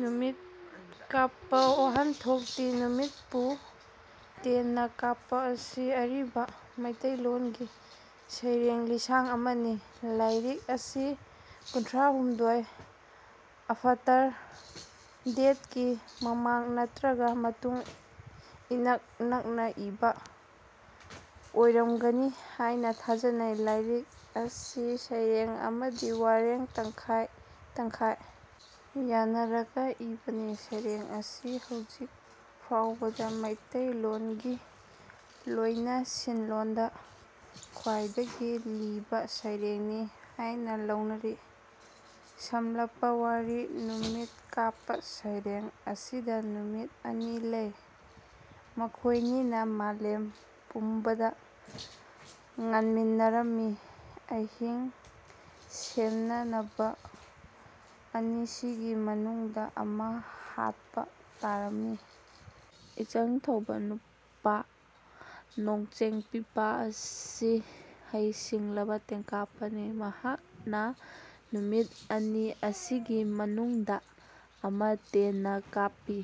ꯅꯨꯃꯤꯠ ꯀꯥꯞꯄ ꯋꯥꯍꯟꯊꯣꯛꯇꯤ ꯅꯨꯃꯤꯠꯄꯨ ꯇꯦꯟꯅ ꯀꯥꯞꯄ ꯑꯁꯤ ꯑꯔꯤꯕ ꯃꯤꯇꯩꯂꯣꯟꯒꯤ ꯁꯩꯔꯦꯡ ꯂꯤꯁꯥꯡ ꯑꯃꯅꯤ꯫ ꯂꯥꯢꯔꯤꯛ ꯑꯁꯤ ꯀꯨꯟꯊ꯭ꯔꯥꯍꯨꯝꯗꯣꯏ ꯑꯐꯇꯔ ꯗꯦꯠꯀꯤ ꯃꯃꯥꯡ ꯅꯠꯇ꯭ꯔꯒ ꯃꯇꯨꯡ ꯏꯅꯛ ꯅꯛꯅ ꯏꯕ ꯑꯣꯢꯔꯝꯒꯅꯤ ꯍꯥꯏꯅ ꯊꯥꯖꯅꯩ꯫ ꯂꯥꯢꯔꯤꯛ ꯑꯁꯤ ꯁꯩꯔꯦꯡ ꯑꯃꯗꯤ ꯋꯥꯔꯦꯡ ꯇꯪꯈꯥꯢ ꯇꯪꯈꯥꯢ ꯌꯥꯟꯅꯔꯒ ꯏꯕꯅꯤ꯫ ꯁꯩꯔꯦꯡ ꯑꯁꯤ ꯍꯧꯖꯤꯛ ꯐꯥꯎꯕꯗ ꯃꯤꯇꯩꯂꯣꯟꯒꯤ ꯂꯣꯢꯅꯁꯤꯟꯂꯣꯟꯗ ꯈ꯭ꯋꯥꯢꯗꯒꯤ ꯂꯤꯕ ꯁꯩꯔꯦꯡꯅꯤ ꯍꯥꯏꯅ ꯂꯧꯅꯔꯤ꯫ ꯁꯝꯂꯞꯄ ꯋꯥꯔꯤ ꯅꯨꯃꯤꯠ ꯀꯥꯞꯄ ꯁꯩꯔꯦꯡ ꯑꯁꯤꯗ ꯅꯨꯃꯤꯠ ꯑꯅꯤ ꯂꯩ꯫ ꯃꯈꯣꯢꯅꯤꯅ ꯃꯥꯂꯦꯝ ꯄꯨꯝꯕꯗ ꯉꯥꯟꯃꯤꯟꯅꯔꯝꯏ꯫ ꯑꯍꯤꯡ ꯁꯦꯝꯅꯅꯕ ꯑꯅꯤꯁꯤꯒꯤ ꯃꯅꯨꯡꯗ ꯑꯃ ꯍꯥꯠꯄ ꯇꯥꯔꯝꯢ꯫ ꯏꯆꯪ ꯊꯧꯕ ꯅꯨꯄꯥ ꯈ꯭ꯋꯥꯢ ꯅꯣꯡꯆꯦꯡ ꯄꯤꯄꯥ ꯑꯁꯤ ꯍꯩ ꯁꯤꯡꯂꯕ ꯇꯦꯟꯀꯥꯞꯄꯅꯤ꯫ ꯃꯍꯥꯛꯅ ꯅꯨꯃꯤꯠ ꯑꯅꯤ ꯑꯁꯤꯒꯤ ꯃꯅꯨꯡꯗ ꯑꯃ ꯇꯦꯟꯅ ꯀꯥꯞꯄꯤ꯫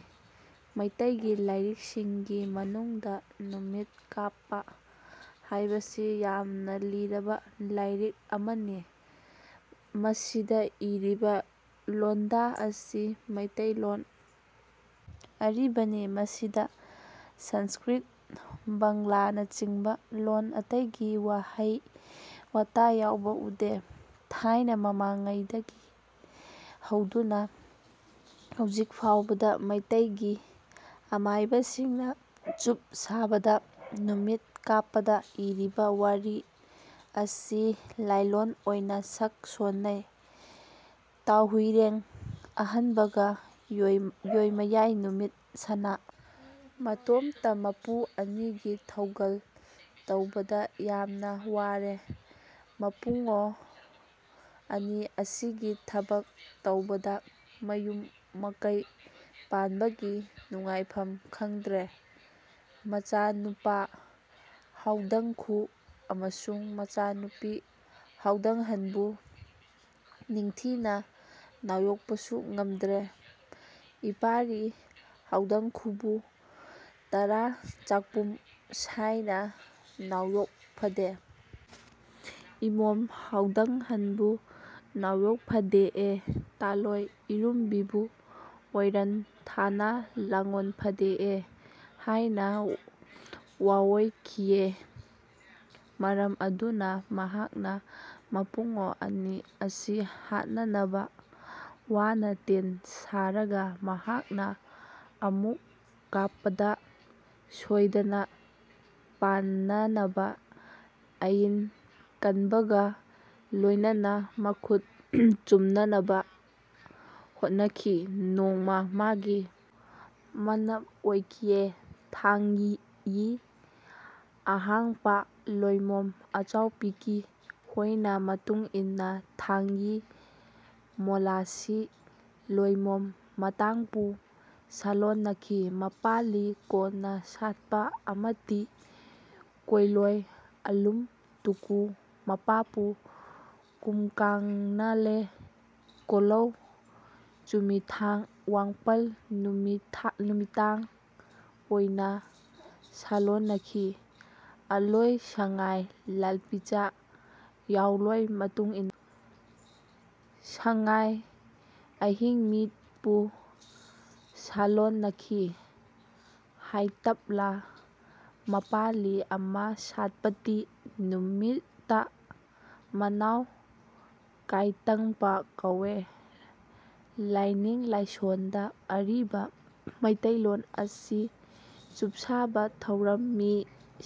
ꯃꯩꯇꯩꯒꯤ ꯂꯥꯏꯔꯤꯛꯁꯤꯡꯒꯤ ꯃꯅꯨꯡꯗ ꯅꯨꯃꯤꯠ ꯀꯥꯞꯄ ꯍꯥꯏꯕꯁꯤ ꯌꯥꯝꯅ ꯂꯤꯔꯕ ꯂꯥꯏꯔꯤꯛ ꯑꯃꯅꯤ꯫ ꯃꯁꯤꯗ ꯏꯔꯤꯕ ꯂꯣꯟꯗꯥ ꯑꯁꯤ ꯃꯩꯇꯩꯂꯣꯟ ꯑꯔꯤꯕꯅꯤ꯫ ꯃꯁꯤꯗ ꯁꯟꯁ꯭ꯀ꯭ꯔꯤꯠ ꯕꯥꯡꯂꯥꯅꯆꯤꯡꯕ ꯂꯣꯟ ꯑꯇꯩꯒꯤ ꯋꯥꯍꯩ ꯋꯥꯇꯥ ꯌꯥꯎꯕ ꯎꯗꯦ꯫ ꯊꯥꯏꯅ ꯃꯃꯥꯡꯉꯩꯗꯒꯤ ꯍꯧꯗꯨꯅ ꯍꯧꯖꯤꯛ ꯐꯥꯎꯕꯗ ꯃꯩꯇꯩꯒꯤ ꯑꯃꯥꯏꯕꯁꯤꯡꯅ ꯆꯨꯞ ꯁꯥꯕꯗ ꯅꯨꯃꯤꯠ ꯀꯥꯞꯄꯗ ꯏꯔꯤꯕ ꯋꯥꯔꯤ ꯑꯁꯤ ꯂꯥꯏꯂꯣꯟ ꯑꯣꯏꯅ ꯁꯛ ꯁꯣꯟꯅꯩ꯫ ꯇꯥꯎꯍꯨꯏꯔꯦꯡ ꯑꯍꯟꯕꯒ ꯌꯣꯏꯃꯌꯥꯏ ꯅꯨꯃꯤꯠ ꯁꯅꯥ ꯃꯇꯣꯝꯇ ꯃꯄꯨ ꯑꯅꯤꯒꯤ ꯊꯧꯒꯜ ꯇꯧꯕꯗ ꯌꯥꯝꯅ ꯋꯥꯔꯦ ꯃꯄꯨꯡꯉꯣ ꯑꯅꯤ ꯑꯁꯤꯒꯤ ꯊꯕꯛ ꯇꯧꯕꯗ ꯃꯌꯨꯝ ꯃꯀꯩ ꯄꯥꯟꯕꯒꯤ ꯅꯨꯡꯉꯥꯏꯐꯝ ꯈꯪꯗ꯭ꯔꯦ꯫ ꯃꯆꯥ ꯅꯨꯄꯥ ꯍꯥꯎꯗꯪꯈꯨ ꯑꯃꯁꯨꯡ ꯃꯆꯥ ꯅꯨꯄꯤ ꯍꯥꯎꯗꯪꯍꯟꯕꯨ ꯅꯤꯡꯊꯤꯅ ꯅꯥꯎꯌꯣꯛꯄꯁꯨ ꯉꯝꯗ꯭ꯔꯦ꯫ ꯏꯄꯥꯔꯤ ꯍꯥꯎꯗꯪꯈꯨꯕꯨ ꯇꯔꯥ ꯆꯥꯛꯄꯨꯝ ꯁꯥꯏꯅ ꯅꯥꯎꯌꯣꯛꯐꯗꯦ ꯏꯃꯣꯝ ꯍꯥꯎꯗꯪꯍꯟꯕꯨ ꯅꯥꯎꯌꯣꯛꯐꯗꯦꯑꯦ ꯇꯥꯜꯂꯣꯏ ꯏꯔꯨꯝꯕꯤꯕꯨ ꯑꯣꯏꯔꯟ ꯊꯥꯅ ꯂꯥꯡꯒꯣꯟꯐꯗꯦꯑꯦ ꯍꯥꯏꯅ ꯋꯥꯑꯣꯏꯈꯤꯑꯦ꯫ ꯃꯔꯝ ꯑꯗꯨꯅ ꯃꯍꯥꯛꯅ ꯃꯄꯨꯡꯉꯣ ꯑꯅꯤ ꯑꯁꯤ ꯍꯥꯠꯅꯅꯕ ꯋꯥꯅ ꯇꯦꯟ ꯁꯥꯔꯒ ꯃꯍꯥꯛꯅ ꯑꯃꯨꯛ ꯀꯥꯞꯄꯗ ꯁꯣꯏꯗꯅ ꯄꯥꯟꯅꯅꯕ ꯑꯏꯟ ꯀꯟꯕꯒ ꯂꯣꯏꯅꯅ ꯃꯈꯨꯠ ꯆꯨꯝꯅꯅꯕ ꯍꯣꯠꯅꯈꯤ꯫ ꯅꯣꯡꯃ ꯃꯥꯒꯤ ꯃꯥꯅꯞ ꯑꯣꯢꯈꯤꯑꯦ꯫ ꯊꯥꯡꯌꯤ ꯑꯍꯥꯡꯄ ꯂꯣꯢꯃꯣꯝ ꯑꯆꯥꯎꯄꯤꯀꯤ ꯍꯣꯢꯅ ꯃꯇꯨꯡꯏꯟꯅ ꯊꯥꯡꯌꯤ ꯃꯣꯂꯥꯁꯤ ꯂꯣꯢꯃꯣꯝ ꯃꯇꯥꯡꯄꯨ ꯁꯂꯣꯟꯅꯈꯤ꯫ ꯃꯄꯥꯂꯤ ꯀꯣꯟꯅ ꯁꯥꯠꯄ ꯑꯃꯇꯤ ꯀꯥꯢꯂꯣꯢ ꯑꯂꯨꯝ ꯇꯨꯀꯨ ꯃꯄꯥꯄꯨ ꯄꯨꯝꯀꯥꯡꯅꯂꯦ ꯀꯣꯂꯧ ꯆꯨꯃꯤꯊꯥꯡ ꯋꯥꯡꯄꯜ ꯅꯨꯃꯤꯇꯥꯡ ꯑꯣꯢꯅ ꯁꯥꯂꯣꯟꯅꯈꯤ꯫ ꯑꯂꯣꯢ ꯁꯉꯥꯢ ꯂꯥꯜꯄꯤꯆꯥ ꯌꯥꯎꯂꯣꯢ ꯃꯇꯨꯡꯏꯟꯅ ꯁꯉꯥꯢ ꯑꯍꯤꯡꯃꯤꯠꯄꯨ ꯁꯥꯂꯣꯟꯅꯈꯤ꯫ ꯍꯥꯢꯇꯄꯂꯥ꯫ ꯃꯄꯥꯂꯤ ꯑꯃ ꯁꯥꯠꯄꯇꯤ ꯅꯨꯃꯤꯇ ꯃꯅꯥꯎ ꯀꯥꯢꯇꯪꯄ ꯀꯧꯑꯦ꯫ ꯂꯥꯢꯅꯤꯡ ꯂꯥꯢꯁꯣꯟꯗ ꯑꯔꯤꯕ ꯃꯤꯇꯩꯂꯣꯟ ꯑꯁꯤ ꯆꯨꯞꯁꯥꯕ ꯊꯧꯔꯝ ꯃꯤ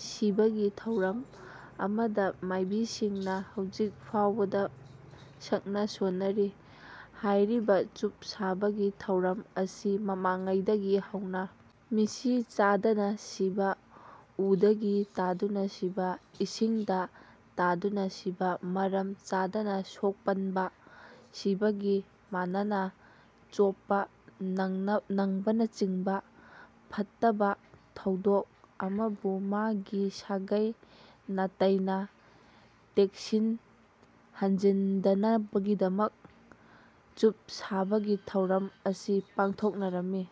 ꯁꯤꯕꯒꯤ ꯊꯧꯔꯝ ꯑꯃꯗ ꯃꯥꯢꯕꯤꯁꯤꯡꯅ ꯍꯧꯖꯤꯛ ꯐꯥꯎꯕꯗ ꯁꯛꯅ ꯁꯣꯟꯅꯔꯤ꯫ꯍꯥꯏꯔꯤꯕ ꯆꯨꯞ ꯁꯥꯕꯒꯤ ꯊꯧꯔꯝ ꯑꯁꯤ ꯃꯃꯥꯡꯉꯩꯗꯒꯤ ꯍꯧꯅ ꯃꯤꯁꯤ ꯆꯥꯗꯅ ꯁꯤꯕ ꯎꯗꯒꯤ ꯇꯥꯗꯨꯅ ꯁꯤꯕ ꯏꯁꯤꯡꯗ ꯇꯥꯗꯨꯅ ꯁꯤꯕ ꯃꯔꯝ ꯆꯥꯗꯅ ꯁꯣꯛꯄꯟꯕ ꯁꯤꯕꯒ ꯃꯥꯟꯅꯅ ꯆꯣꯞꯄ ꯅꯪꯕꯅꯆꯤꯡꯕ ꯐꯠꯇꯕ ꯊꯧꯗꯣꯛ ꯑꯃꯕꯨ ꯃꯥꯒꯤ ꯁꯥꯒꯩ ꯅꯥꯇꯩꯗ ꯇꯦꯛꯁꯤꯟ ꯍꯟꯖꯤꯟꯗꯅꯕꯒꯤꯗꯃꯛ ꯆꯨꯞ ꯁꯥꯕꯒꯤ ꯊꯧꯔꯝ ꯑꯁꯤ ꯄꯥꯡꯊꯣꯛꯅꯔꯝꯃꯤ꯫